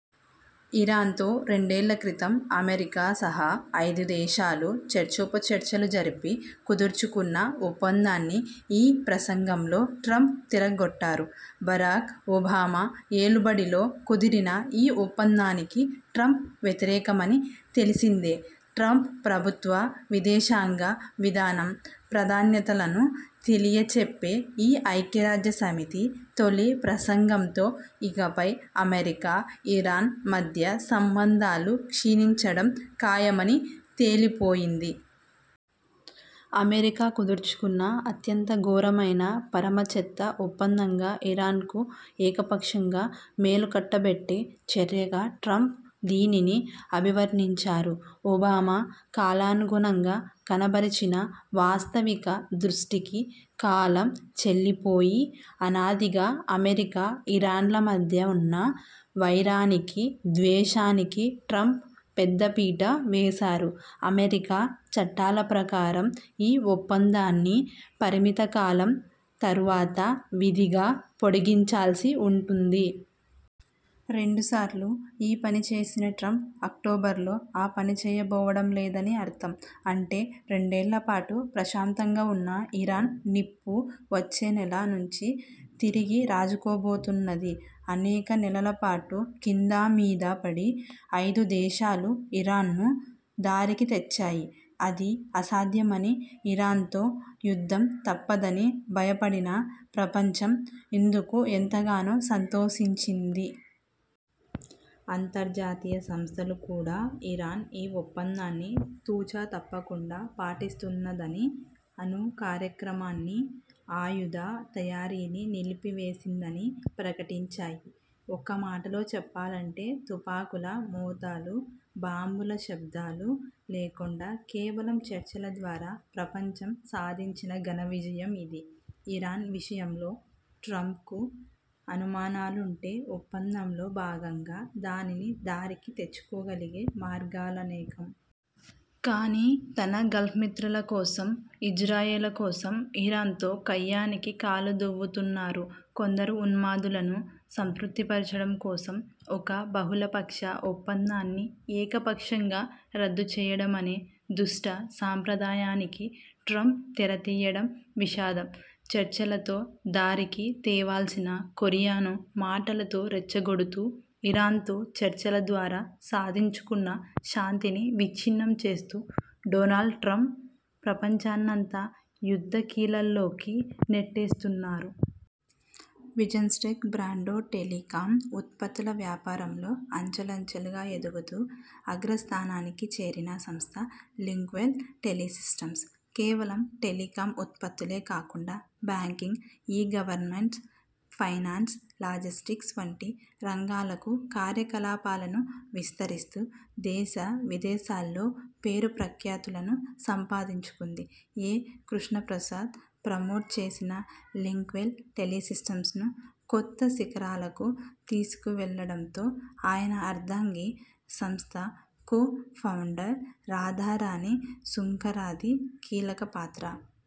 ఇరాన్తో రెండేళ్ళక్రితం అమెరికా సహా ఐదుదేశాలు చర్చోపచర్చలు జరిపి కుదుర్చుకున్న ఒప్పందాన్ని ఈ ప్రసంగంలో ట్రంప్ తిరగ్గొట్టారు. బరాక్ ఒబామా ఏలుబడిలో కుదిరిన ఈ ఒప్పందానికి ట్రంప్ వ్యతిరేకమని తెలిసిందే. ట్రంప్ ప్రభుత్వ విదేశాంగ విధానం ప్రాధాన్యతలను తెలియచెప్పే ఈ ఐక్యరాజ్యసమితి తొలి ప్రసంగంతో ఇకపై అమెరికా–ఇరాన్ మధ్య సంబంధాలు క్షీణించడం ఖాయమని తేలిపోయింది. అమెరికా కుదుర్చుకున్న అత్యంత ఘోరమైన, పరమచెత్త ఒప్పందంగా, ఇరాన్కు ఏకపక్షంగా మేలుకట్టబెట్టి చర్యగా ట్రంప్ దీనిని అభివర్ణించారు. ఒబామా కాలానుగుణంగా కనబరచిన వాస్తవిక దృష్టికి కాలం చెల్లిపోయి, అనాదిగా అమెరికా–ఇరాన్ల మధ్య ఉన్న వైరానికీ, ద్వేషానికీ ట్రంప్ పెద్దపీట వేశారు. అమెరికా చట్టాల ప్రకారం ఈ ఒప్పందాన్ని పరిమితకాలం తరువాత విధిగా పొడిగించాల్సి ఉంటుంది. రెండుసార్లు ఈ పనిచేసిన ట్రంప్ అక్టోబర్లో ఆ పనిచేయబోవడం లేదని అర్థం. అంటే రెండేళ్ళపాటు ప్రశాంతంగా ఉన్న ఇరాన్ నిప్పు వచ్చేనెల నుంచి తిరిగి రాజుకోబోతున్నది. అనేక నెలలపాటు కిందామీదాపడి ఐదుదేశాలు ఇరాన్ను దారికి తెచ్చాయి. అది అసాధ్యమనీ, ఇరాన్తో యుద్ధం తప్పదనీ భయపడిన ప్రపంచం ఇందుకు ఎంతగానో సంతోషించింది. అంతర్జాతీయ సంస్థలు కూడా ఇరాన్ ఈ ఒప్పందాన్ని తుచ తప్పకుండా పాటిస్తున్నదనీ, అణుకార్యక్రమాన్నీ, ఆయుధ తయారీని నిలిపివేసిందని ప్రకటించాయి. ఒక్కమాటలో చెప్పాలంటే తుపాకుల మోతలూ, బాంబుల శబ్దాలు లేకుండా కేవలం చర్చల ద్వారా ప్రపంచం సాధించిన ఘనవిజయం ఇది. ఇరాన్ విషయంలో ట్రంప్కు అనుమానాలుంటే ఒప్పందంలో భాగంగా దానిని దారికి తెచ్చుకోగలిగే మార్గాలనేకం. కానీ, తన గల్ఫ్మిత్రుల కోసం, ఇజ్రాయెల్ కోసం ఇరాన్తో కయ్యానికి కాలుదువ్వుతున్నారు. కొందరు ఉన్మాదులను సంతృప్తిపరచడం కోసం ఒక బహుళపక్ష ఒప్పందాన్ని ఏకపక్షంగా రద్దుచేయడమనే దుష్ట సంప్రదాయానికి ట్రంప్ తెరతీయడం విషాదం. చర్చలతో దారికి తేవాల్సిన కొరియాను మాటలతో రెచ్చగొడుతూ, ఇరాన్తో చర్చల ద్వారా సాధించుకున్న శాంతిని విచ్ఛిన్నం చేస్తూ డొనాల్డ్ ట్రంప్ ప్రపంచాన్నంతా యుద్ధకీలల్లోకి నెట్టేస్తున్నారు. విజన్స్టెక్ బ్రాండ్తో టెలికాం ఉత్పత్తుల వ్యాపారంలో అంచెలంచెలుగా ఎదుగుతూ అగ్రస్థానానికి చేరిన సంస్థ లింక్వెల్ టెలిసిస్టమ్స్. కేవలం టెలికాం ఉత్పత్తులే కాకుండా బ్యాంకింగ్, ఇ-గవర్మెన్స్, ఫైనాన్స్, లాజిస్టిక్స్ వంటి రంగాలకు కార్యకలాపాలను విస్తరిస్తూ దేశ విదేశాల్లో పేరు ప్రఖ్యాతులను సంపాదించుకుంది. ఎ కృష్ణప్రసాద్ ప్రమోట్ చేసిన లింక్వెల్ టెలిసిస్టమ్స్ను కొత్త శిఖరాలకు తీసుకువెళ్లడంతో ఆయన అర్ధాంగి, సంస్థ కో ఫౌండర్ రాధారాణి సుంకరాది కీలక పాత్ర.